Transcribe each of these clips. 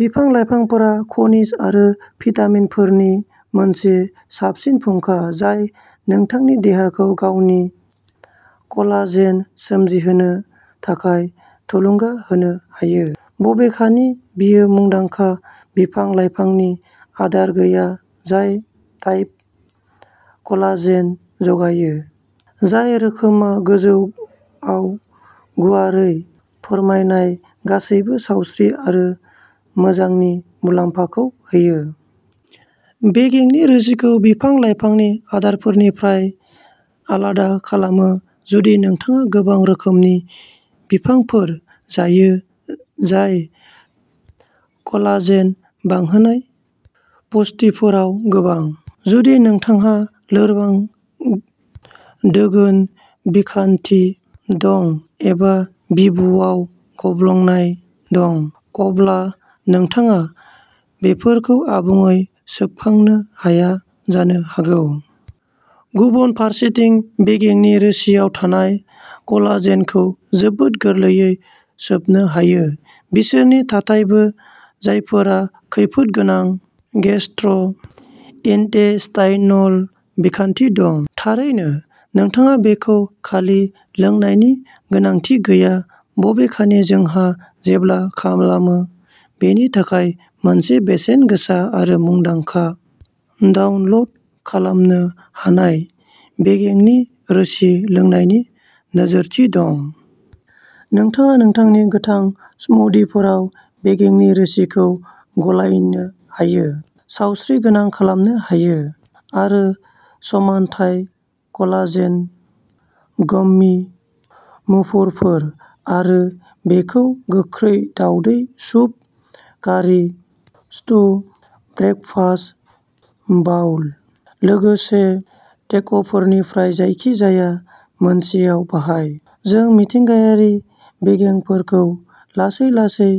बिफां-लाइफांफोरा खनिज आरो भिटामिनफोरनि मोनसे साबसिन फुंखा जाय नोंथांनि देहाखौ गावनि कलाजेन सोमजिहोनो थाखाय थुलुंगा होनो हायो, बबेखानि जेबो मुंदांखा बिफां-लाइफांनि आदार गैया जाय टाइप कलाजेन जगायो, जाय रोखोमआ गोजौ आव गुवारै फोरमायनाय गासैबो सावस्रि आरो मोजांनि मुलाम्फाखौ होयो। बेगेंनि रोसिखौ बिफां-लाइफांनि आदारफोरनिफ्राय आलादा खालामो जुदि नोंथाङा गोबां रोखोमनि बिफांफोर जायो जाय कलाजेन बांहोनाय पुष्टिफोराव गोबां, जुदि नोंथांहा लोरबां दोगोन बिखान्थि दं एबा बिबुआव गब्लंनाय दं, अब्ला नोंथाङा बेफोरखौ आबुङै सोबखांनो हाया जानो हागौ। गुबुन फारसेथिं, बेगेंनि रोसिआव थानाय कलाजेनखौ जोबोद गोरलैयै सोबनो हायो, बिसोरनि थाखायबो जायफोरा खैफोदगोनां गेस्ट्र' इन्टेस्टाइनल बिखान्थि दं। थारैनो, नोंथाङा बेखौ खालि लोंनायनि गोनांथि गैया बबेखानि जोंहा जेब्ला खालामो बेनि थाखाय मोनसे बेसेनगोसा आरो मुंदांखा डाउनल'ड खालामनो हानाय बेगेंनि रोसि लोंनायनि नोजोरथि दं। नोंथाङा नोंथांनि गोथां स्मूदिफोराव बेगेंनि रोसिखौ गलायनो हायो, सावस्रिगोनां खालामनो हायो। आरो समानथाय कलाजेन गम्मी मुफुरफोर, आरो बेखौ गोख्रै दावदै, soup, curry, stew, breakfast bowl, लोगोसे टेक'फोरनिफ्राय जायखिजाया मोनसेआव बाहाय। जों मिथिंगायारि बेगेंफोरखौ लासै-लासै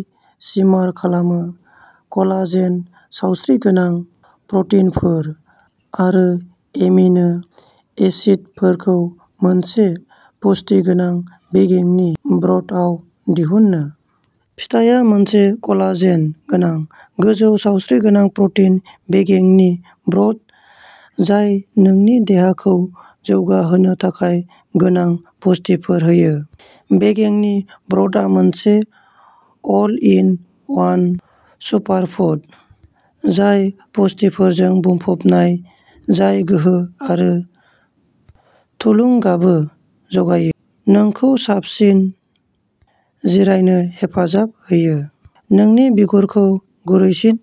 सिमार खालामो कलाजेन, सावस्रिगोनां प्र'टिनफोर, आरो एमिनो एसिडफोरखौ मोनसे पुष्टि गोनां बेगेंनि ब्र'थआव दिहुननो। फिथायआ मोनसे कलाजेन गोनां, गोजौ सावस्रिगोनां प्र'टिन बेगेंनि ब्र'थ जाय नोंनि देहाखौ जौगा होनो थाखाय गोनां पुष्टिफोर होयो। बेगेंनि ब्र'थआ मोनसे अल इन वान सुपारफुड, जाय पुष्टिफोरजों बुंफबनाय जाय गोहो आरो थुलुंगाबो जगायो, नोंखौ साबसिन जिरायनो हेफाजाब होयो, नोंनि बिगुरखौ गुरैसिन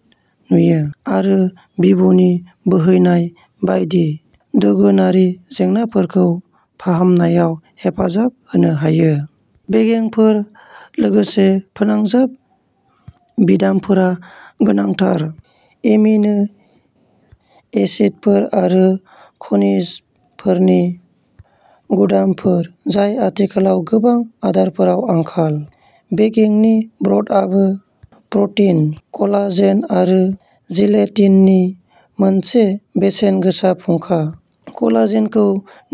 नुयो, आरो बिबुनि बोहैनाय बायदि दोगोनारि जेंनाफोरखौ फाहामनायाव हेफाजाब होनो हायो। बेगेंफोर लोगोसे फोनांजाब बिदामफोरा गोनांथार एमिनो एसिडफोर आरो खनिजफोरनि गुदामफोर जाय आथिखालाव गोबां आदारफोराव आंखाल। बेगेंनि ब्र'थाबो प्र'टिन, कलाजेन आरो जिलेटिननि मोनसे बेसेनगोसा फुंखा। कलाजेनखौ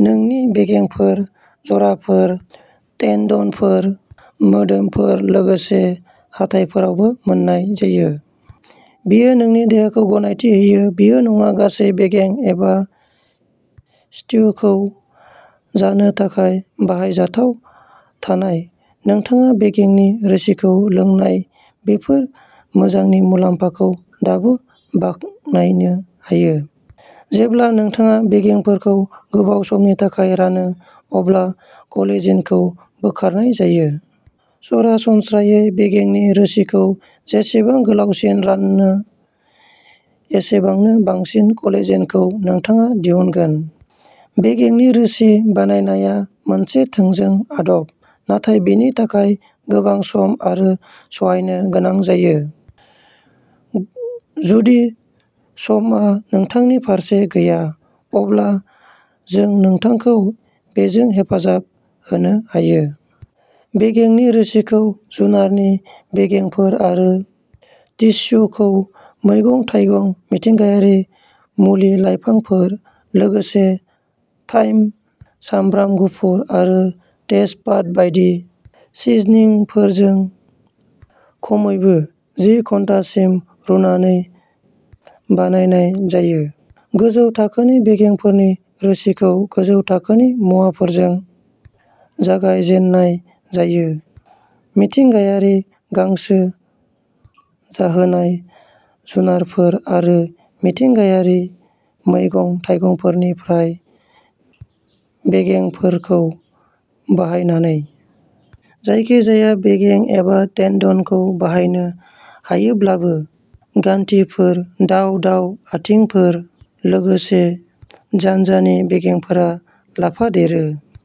नोंनि बेगेंफोर, जराफोर, टेन्डनफोर, मोदोमफोर, लोगोसे हाथाइफोरावबो मोन्नाय जायो। बेयो नोंनि देहाखौ गनायथि होयो। बेयो नङा गासै बेगें एबा टिस्युखौ जानो थाखाय बाहायजाथाव, नाथाय नोंथाङा बेगेंनि रोसिखौ लोंनानै बेफोर मोजांनि मुलाम्फाखौ दाबो बाखनायनो हायो। जेब्ला नोंथाङा बेगेंफोरखौ गोबाव समनि थाखाय रानो, अब्ला कलेजेनखौ बोखारनाय जायो। सरासनस्रायै, बेगेंनि रोसिखौ जेसेबां गोलावसिन रानो, एसेबांनो बांसिन कलेजेनखौ नोंथाङा दिहुनगोन। बेगेंनि रोसि बानायनाया मोनसे थोंजों आदब, नाथाय बेनि थाखाय गोबां सम आरो सहायनो गोनां जायो। जुदि समआ नोंथांनि फारसे गैया, अब्ला जों नोंथांखौ बेजों हेफाजाब होनो हायो। बेगेंनि रोसिखौ जुनारनि बेगेंफोर आरो टिस्युखौ मैगं-थाइगं, मिथिंगायारि मुलि-लाइफांफोर, लोगोसे थाइम, सामब्राम गुफुर आरो तेजपात बायदि सिजनिंफोरजों खमैबो जि घन्टासिम रुनानै बानायनाय जायो। गोजौ थाखोनि बेगेंनि रोसिखौ गोजौ थाखोनि मुवाफोरजों जागाय जेननाय जायो, मिथिंगायारि गांसो जाहोनाय जुनारफोर आरो मिथिंगायारि मैगं-थाइगंफोरनिफ्राय बेगेंफोरखौ बाहायनानै। जायखिजाया बेगें एबा टेन्डनखौ बाहायनो हायोब्लाबो, गान्थिफोर, दाव-दाव आथिंफोर, लोगोसे जान्जानि बेगेंफोरा लाफादेरो।